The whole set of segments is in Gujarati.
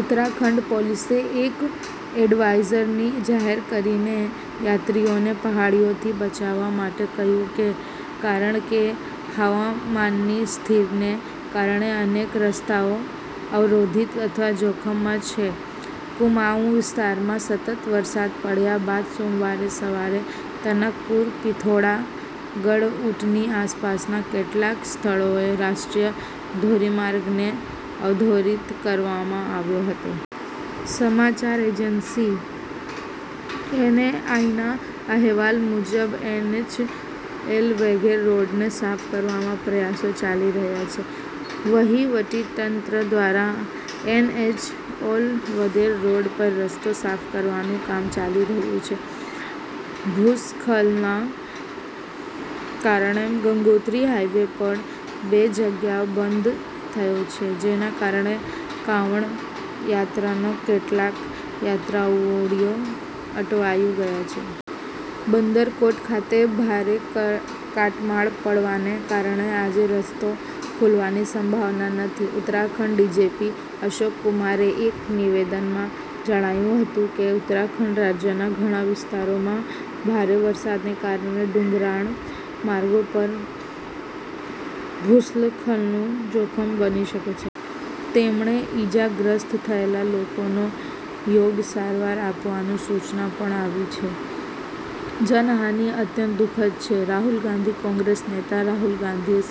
ઉત્તરાખંડ પોલીસે એક એડવાઇઝરી જાહેર કરીને યાત્રીઓને પહાડોથી બચવા માટે કહ્યું છે કારણ કે હવામાનની સ્થિતિને કારણે અનેક રસ્તાઓ અવરોધિત અથવા જોખમમાં છે. કુમાઉં વિસ્તારમાં સતત વરસાદ પડ્યા બાદ સોમવારે સવારે તનકપુર-પિથોરાગઢ રૂટની આસપાસના કેટલાક સ્થળોએ રાષ્ટ્રીય ધોરીમાર્ગ ને અવરોધિત કરવામાં આવ્યો હતો. સમાચાર એજન્સી એએનઆઈના અહેવાલ મુજબ એનએચ ઓલ વેધર રોડને સાફ કરવાના પ્રયાસો ચાલી રહ્યા છે. વહીવટીતંત્ર દ્વારા એનએચ ઓલ વેધર રોડ પર રસ્તો સાફ કરવાનું કામ ચાલી રહ્યું છે. ભૂસ્ખલનના કારણે ગંગોત્રી હાઇવે પણ બે જગ્યાએ બંધ થયો છે, જેના કારણે કાંવડ યાત્રાના કેટલાક યાત્રાળુઓ અટવાઈ ગયા છે. બંદરકોટ ખાતે ભારે કાટમાળ પડવાને કારણે આજે રસ્તો ખુલવાની સંભાવના નથી. ઉત્તરાખંડના ડીજીપી અશોક કુમારે એક નિવેદનમાં જણાવ્યું હતું કે ઉત્તરાખંડ રાજ્યના ઘણા વિસ્તારોમાં ભારે વરસાદને કારણે, ડુંગરાળ માર્ગો પર ભૂસ્ખલનનું જોખમ બની શકે છે. તેમણે ઇજાગ્રસ્ત થયેલા લોકોને યોગ્ય સારવાર આપવાની સૂચના પણ આપી છે. જાનહાનિ અત્યંત દુ:ખદ છે: રાહુલ ગાંધી કોંગ્રેસ નેતા રાહુલ ગાંધીએ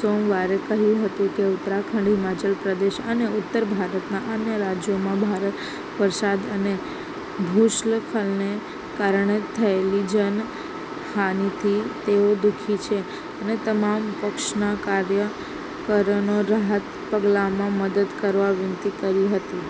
સોમવારે કહ્યું હતું કે ઉત્તરાખંડ, હિમાચલ પ્રદેશ અને ઉત્તર ભારતના અન્ય રાજ્યોમાં ભારે વરસાદ અને ભૂસ્ખલનને કારણે થયેલી જાનહાનિથી તેઓ દુ:ખી છે અને તમામ પક્ષના કાર્યકરોને રાહત પગલાંમાં મદદ કરવા વિનંતી કરી હતી.